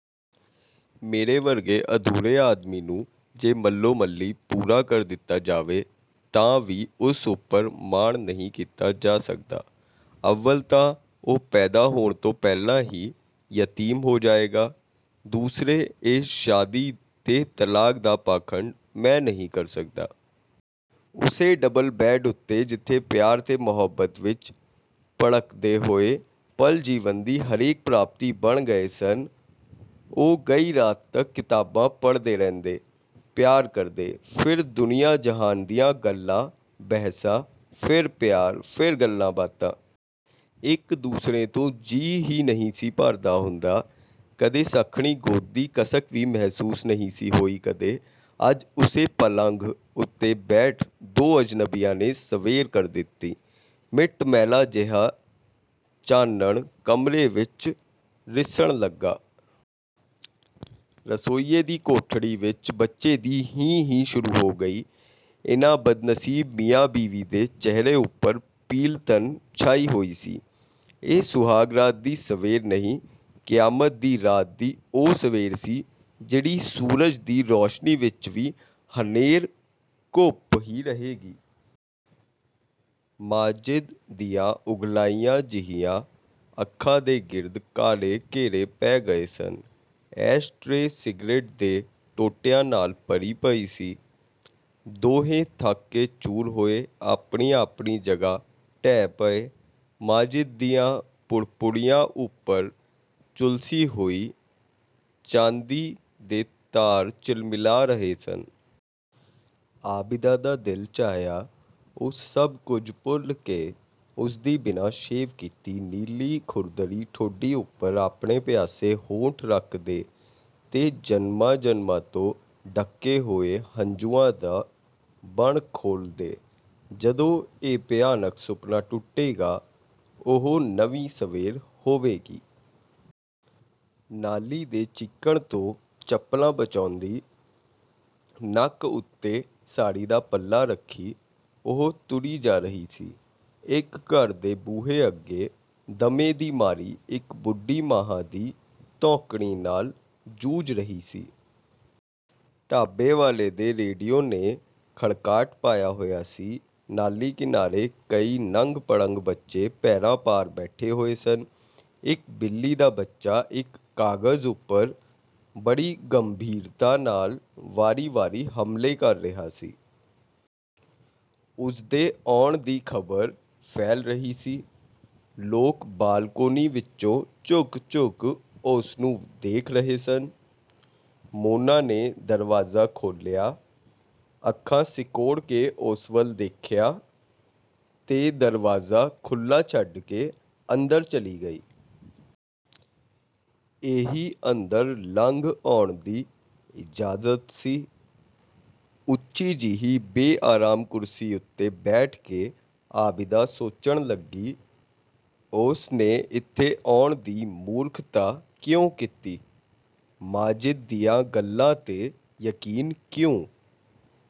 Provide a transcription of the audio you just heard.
"ਮੇਰੇ ਵਰਗੇ ਅਧੂਰੇ ਆਦਮੀ ਨੂੰ ਜੇ ਮੱਲੋ-ਮੱਲੀ ਪੂਰਾ ਕਰ ਦਿੱਤਾ ਜਾਏ ਤਾਂ ਵੀ ਉਸ ਉੱਪਰ ਮਾਣ ਨਹੀਂ ਕੀਤਾ ਜਾ ਸਕਦਾ। ਅੱਵਲ ਤਾਂ ਉਹ ਪੈਦਾ ਹੋਣ ਤੋਂ ਪਹਿਲਾਂ ਹੀ ਯਤੀਮ ਹੋ ਜਾਏਗਾ, ਦੂਸਰੇ ਇਹ ਸ਼ਾਦੀ ਤੇ ਤਲਾਕ ਦਾ ਪਾਖੰਡ ਮੈਂ ਨਹੀਂ ਕਰ ਸਕਦਾ।" ਉਸੇ ਡਬਲ-ਬੈੱਡ ਉੱਤੇ ਜਿੱਥੇ ਪਿਆਰ ਤੇ ਮੁਹੱਬਤ ਵਿੱਚ ਪੜਕਦੇ ਹੋਏ ਪਲ ਜੀਵਨ ਦੀ ਹਰੇਕ ਪ੍ਰਾਪਤੀ ਬਣ ਗਏ ਸਨ, ਉਹ ਗਈ ਰਾਤ ਤੱਕ ਕਿਤਾਬਾਂ ਪੜ੍ਹਦੇ ਰਹਿੰਦੇ, ਪਿਆਰ ਕਰਦੇ। ਫਿਰ ਦੁਨੀਆਂ-ਜਹਾਨ ਦੀਆਂ ਗੱਲਾਂ-ਬਹਿਸਾਂ, ਫਿਰ ਪਿਆਰ, ਫਿਰ ਗੱਲਾਂ-ਬਾਤਾਂ। ਇੱਕ ਦੂਸਰੇ ਤੋਂ ਜੀਅ ਹੀ ਨਹੀਂ ਸੀ ਭਰਦਾ ਹੁੰਦਾ। ਕਦੇ ਸੱਖਣੀ ਗੋਦ ਦੀ ਕਸਕ ਵੀ ਮਹਿਸੂਸ ਨਹੀਂ ਸੀ ਹੋਈ ਕਦੇ। ਅੱਜ ਉਸੇ ਪਲੰਘ ਉੱਤੇ ਬੈਠੇ ਦੋ ਅਜਨਬੀਆਂ ਨੇ ਸਵੇਰ ਕਰ ਦਿੱਤੀ। ਮਿੱਟ-ਮੈਲਾ ਜਿਹਾ ਚਾਨਣ ਕਮਰੇ ਵਿੱਚ ਰਿਸਣ ਲੱਗਾ। ਰਸੋਈਏ ਦੀ ਕੋਠੜੀ ਵਿੱਚ ਬੱਚੇ ਦੀ 'ਹੀਂ-ਹੀੰ' ਸ਼ੁਰੂ ਹੋ ਗਈ। ਇਹਨਾਂ ਬਦਨਸੀਬ ਮੀਆਂ-ਬੀਵੀ ਦੇ ਚਿਹਰੇ ਉੱਪਰ ਪੀਲਤਨ ਛਾਈ ਹੋਈ ਸੀ। ਇਹ ਸੁਹਾਗ ਰਾਤ ਦੀ ਸਵੇਰ ਨਹੀਂ, ਕਿਆਮਤ ਦੀ ਰਾਤ ਦੀ ਉਹ ਸਵੇਰ ਸੀ ਜਿਹੜੀ ਸੂਰਜ ਦੀ ਰੋਸ਼ਨੀ ਵਿੱਚ ਵੀ ਹਨੇਰ-ਘੁੱਪ ਹੀ ਰਹੇਗੀ। ਮਾਜਿਦ ਦੀਆਂ ਉੰਘਲਾਈਆਂ ਜਿਹੀਆਂ ਅੱਖਾਂ ਦੇ ਗਿਰਦ ਕਾਲੇ ਘੇਰੇ ਪੈ ਗਏ ਸਨ। ਐਸ਼-ਟਰੇ ਸਿਗਰੇਟ ਦੇ ਟੋਟਿਆਂ ਨਾਲ ਭਰੀ ਪਈ ਸੀ। ਦੋਹੇਂ ਥੱਕ ਕੇ ਚੂਰ ਹੋਏ, ਆਪਣੀ-ਆਪਣੀ ਜਗ੍ਹਾ ਢਹਿ ਪਏ। ਮਾਜਿਦ ਦੀਆਂ ਪੁੜਪੁੜੀਆਂ ਉੱਪਰ ਝੁਲਸੀ ਹੋਈ ਚਾਂਦੀ ਦੇ ਤਾਰ ਝਿਲਮਿਲਾ ਰਹੇ ਸਨ। ਆਬਿਦਾ ਦਾ ਦਿਲ ਚਾਹਿਆ ਉਹ ਸਭ ਕੁਝ ਭੁੱਲ ਕੇ ਉਸਦੀ ਬਿਨਾਂ ਸ਼ੇਵ ਕੀਤੀ, ਨੀਲੀ ਖੁਰਦਰੀ ਠੋਡੀ ਉੱਪਰ ਆਪਣੇ ਪਿਆਸੇ ਹੋਂਠ ਰੱਖ ਦੇ ਤੇ ਜਨਮਾਂ-ਜਨਮਾਂ ਤੋਂ ਡੱਕੇ ਹੋਏ ਹੰਝੂਆਂ ਦਾ ਬੰਨ੍ਹ ਖੋਲ੍ਹ ਦੇ। ਜਦੋਂ ਇਹ ਭਿਆਨਕ ਸੁਪਨਾ ਟੁੱਟੇਗਾ, ਉਹ ਨਵੀਂ ਸਵੇਰ ਹੋਵੇਗੀ। ਨਾਲੀ ਦੇ ਚਿੱਕੜ ਤੋਂ ਚੱਪਲਾਂ ਬਚਾਉਂਦੀ, ਨੱਕ ਉੱਤੇ ਸਾੜ੍ਹੀ ਦਾ ਪੱਲਾ ਰੱਖੀ, ਉਹ ਤੁਰੀ ਜਾ ਰਹੀ ਸੀ। ਇੱਕ ਘਰ ਦੇ ਬੂਹੇ ਅੱਗੇ ਦਮੇ ਦੀ ਮਾਰੀ ਇੱਕ ਬੁੱਢੀ ਮਾਂਹਾਂ ਦੀ ਧੌਂਕਣੀ ਨਾਲ ਜੂਝ ਰਹੀ ਸੀ। ਢਾਬੇ ਵਾਲੇ ਦੇ ਰੇਡੀਓ ਨੇ 'ਖੜਕਾਟ' ਪਾਇਆ ਹੋਇਆ ਸੀ। ਨਾਲੀ ਕਿਨਾਰੇ ਕਈ ਨੰਗ-ਪੜੰਗ ਬੱਚੇ ਪੈਰਾਂ ਭਾਰ ਬੈਠੇ ਹੋਏ ਸਨ। ਇੱਕ ਬਿੱਲੀ ਦਾ ਬੱਚਾ ਇੱਕ ਕਾਗਜ਼ ਉੱਪਰ ਬੜੀ ਗੰਭੀਰਤਾ ਨਾਲ ਵਾਰੀ-ਵਾਰੀ ਹਮਲੇ ਕਰ ਰਿਹਾ ਸੀ। ਉਸਦੇ ਆਉਣ ਦੀ ਖ਼ਬਰ ਫੈਲ ਰਹੀ ਸੀ। ਲੋਕ ਬਾਲਕੋਨੀ ਵਿੱਚੋਂ ਝੁਕ-ਝੁਕ ਉਸਨੂੰ ਦੇਖ ਰਹੇ ਸਨ। ਮੋਨਾ ਨੇ ਦਰਵਾਜ਼ਾ ਖੋਲ੍ਹਿਆ, ਅੱਖਾਂ ਸਿਕੋੜ ਕੇ ਉਸ ਵੱਲ ਦੇਖਿਆ ਤੇ ਦਰਵਾਜ਼ਾ ਖੁੱਲ੍ਹਾ ਛੱਡ ਕੇ ਅੰਦਰ ਚਲੀ ਗਈ। ਇਹੀ ਅੰਦਰ ਲੰਘ ਆਉਣ ਦੀ ਇਜਾਜ਼ਤ ਸੀ। ਉੱਚੀ ਜਿਹੀ ਬੇਆਰਾਮ ਕੁਰਸੀ ਉੱਤੇ ਬੈਠ ਕੇ ਆਬਿਦਾ ਸੋਚਣ ਲੱਗੀ, 'ਉਸਨੇ ਇੱਥੇ ਆਉਣ ਦੀ ਮੂਰਖਤਾ ਕਿਉਂ ਕੀਤੀ?... ਮਾਜਿਦ ਦੀਆਂ ਗੱਲਾਂ 'ਤੇ ਯਕੀਨ ਕਿਉਂ?